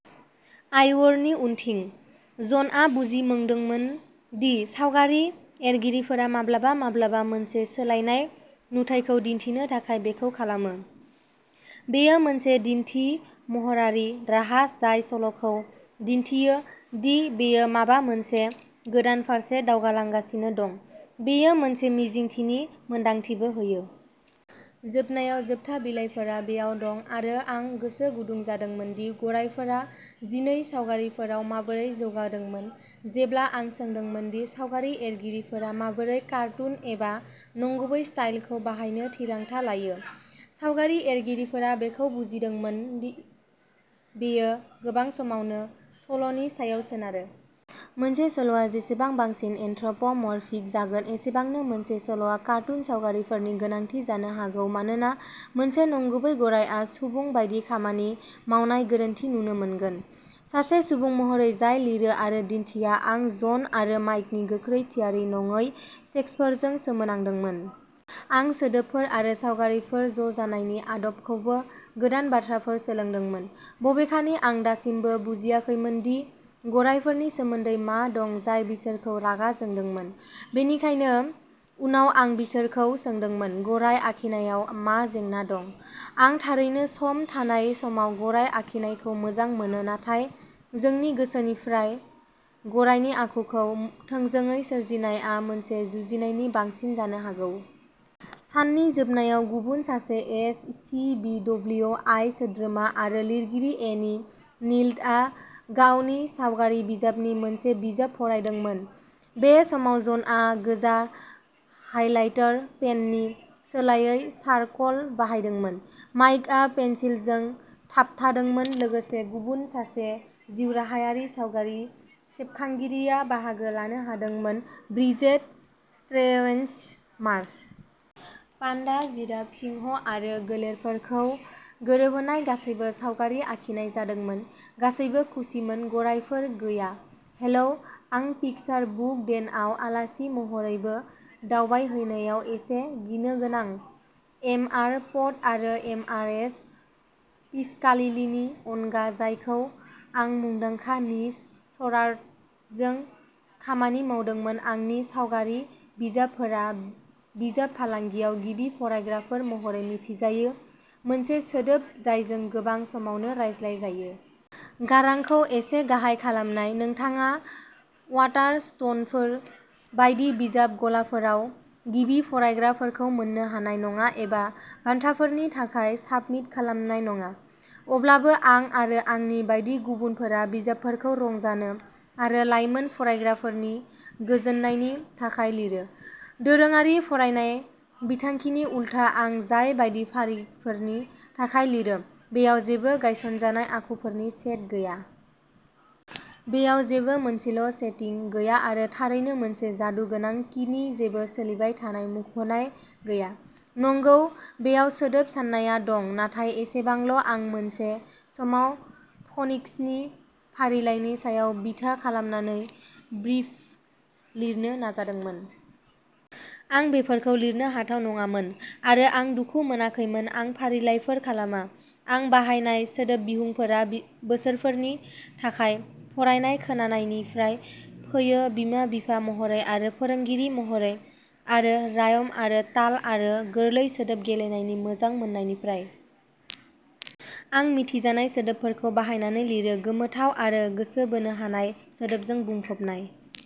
आइवरनि उनथिं। जनआ बुजिमोंदोंमोन दि सावगारि एरगिरिफोरा माब्लाबा माब्लाबा मोनसे सोलायनाय नुथायखौ दिन्थिनो थाखाय बेखौ खालामो। बेयो मोनसे दिन्थिमहरारि राहा जाय सल'खौ दिन्थियो दि बेयो माबा मोनसे गोदान फारसे दावगालांगासिनो दं। बेयो मोनसे मिजिंथिनि मोनदांथिबो होयो। जोबनायाव, जोबथा बिलाइफोरा बेयाव दं, आरो आं गोसो गुदुं जादोंमोन दि गरायफोरा जिनै सावगारिफोराव माबोरै जौगादोंमोन। जेब्ला आं सोंदोंमोन दि सावगारि एरगिरिफोरा माबोरै कार्टुन एबा नंगुबै स्टाइलखौ बाहायनो थिरांथा लायो, सावगारि एरगिरिफोरा बेखौ बुजिमोदोंमोन दि बेयो गोबां समावनो सल'नि सायाव सोनारो। मोनसे सल'आ जेसेबां बांसिन एनथ्रप'मरफिक जागोन, एसेबांनो मोनसे सल'आ कार्टुन सावगारिफोरनि गोनांथि जानो हागौ मानोना मोनसे नंगुबै गरायआ सुबुं बायदि खामानि मावनाय'गोरोन्थि'नुनो मोनगोन। सासे सुबुं महरै जाय लिरो, आरो दिन्थिया, आं जन आरो माइकनि गोख्रै, थियारि नङै स्केचफोरजों सोमोनांदोंमोन। आं सोदोबफोर आरो सावगारिफोर ज'जानायनि आदबखौबो गोदान बाथ्राफोर सोलोंदोंमोन। बबेखानि, आं दासिमबो बुजियाखैमोन दि गरायफोरनि सोमोन्दै मा दं जाय बिसोरखौ रागा जोंदोंमोन। बेनिखायनो। उनाव आं बिसोरखौ सोंदोंमोन। "गराय आखिनायाव मा जेंना दं? आं थारैनो सम थानाय समाव गराय आखिनायखौ मोजां मोनो, नाथाय नोंनि गोसोनिफ्राय गरायनि आखुखौ थोंजोङै सोरजिनायआ मोनसे जुजिनायनि बांसिन जानो हागौ! साननि जोबनायाव, गुबुन सासे एस. सि. बि. डब्लिउ. आइ. सोद्रोमा आरो लिरगिरि, एनि नील्डआ गावनि सावगारि बिजाबनि मोनसे बिजाब फरायदोंमोन। बे समाव जनआ गोजा हाइलाइटार पेननि सोलायै चारक'ल बाहायदोंमोन। माइकआ पेन्सिलजों थाबथादोंमोन। लोगोसे गुबुन सासे जिउराहायारि सावगारि सेबखांगिरिया बाहागो लानो हादोंमोन, ब्रिजेट स्ट्रेवेन्स-मार्ज'। पान्डा, जिराफ, सिंह आरो गोलेरफोरखौ गोरोबहोनाय गासैबो सावगारि आखिनाय जादोंमोन! गासैबो खुसिमोन... गरायफोर गैया! हेलौ। आं पिकचार बुक डेनआव आलासि महरैबो दावबायहैनायाव एसे गिनो गोनां। एम. आर. प'ड आरो एम. आर. एस. पिसकालिलिनि अनगा, जायखौ आं मुंदांखा निक शर्राटजों खामानि मावदोंमोन, आंनि" सावगारि बिजाब "फोरा बिजाब फालांगियाव" गिबि फरायग्राफोर "महरै मिथिजायो, मोनसे सोदोब जायजों गोबां समावनो रायज्लायजायो। गारांखौ एसे गाहाय खालामनाय। नोंथाङा वाटारस्टोनफोर बायदि बिजाब गलाफोराव गिबि फरायग्राफोरखौ मोन्नो हानाय नङा एबा बान्थाफोरनि थाखाय साबमिट खालामनाय नङा। अब्लाबो, आं-आरो आंनि बायदि गुबुनफोरा-बिजाबफोरखौ रंजानो आरो लाइमोन फरायग्राफोरनि गोजोननायनि थाखाय लिरो। दोरोङारि फरायनाय बिथांखिनि उलथा, आं जाय बायदि फारिफोरनि थाखाय लिरो, बेयाव जेबो गायसनजानाय आखुफोरनि सेट गैया। बेयाव जेबो मोनसेल'सेटिं गैया आरो थारैनो मोनसे जादु गोनां किनि जेबो सोलिबाय थानाय मुंख'नाय गैया। नंगौ, बेयाव सोदोब साननाया दं, नाथाय एसेबांल'। आं मोनसे समाव फ'निक्सनि फारिलाइनि सायाव बिथा खालामनानै ब्रिफ्स लिरनो नाजादोंमोन। आं बेफोरखौ लिरनो हाथाव नङामोन, आरो आं दुखु मोनाखैमोन। आं फारिलाइफोर खालामा। आं बाहायनाय सोदोब बिहुंफोरा बोसोरफोरनि थाखाय फरायनाय खोनानायनिफ्राय फैयो-बिमा-बिफा महरै आरो फोरोंगिरि महरै-आरो रायम आरो ताल आरो गोरलै सोदोब गेलेनायनि मोजां मोन्नायनिफ्राय। आं मिथिजानाय सोदोबफोरखौ बाहायनानै लिरो, गोमोथाव आरो गोसो बोनो हानाय सोदोबजों बुंफबनाय।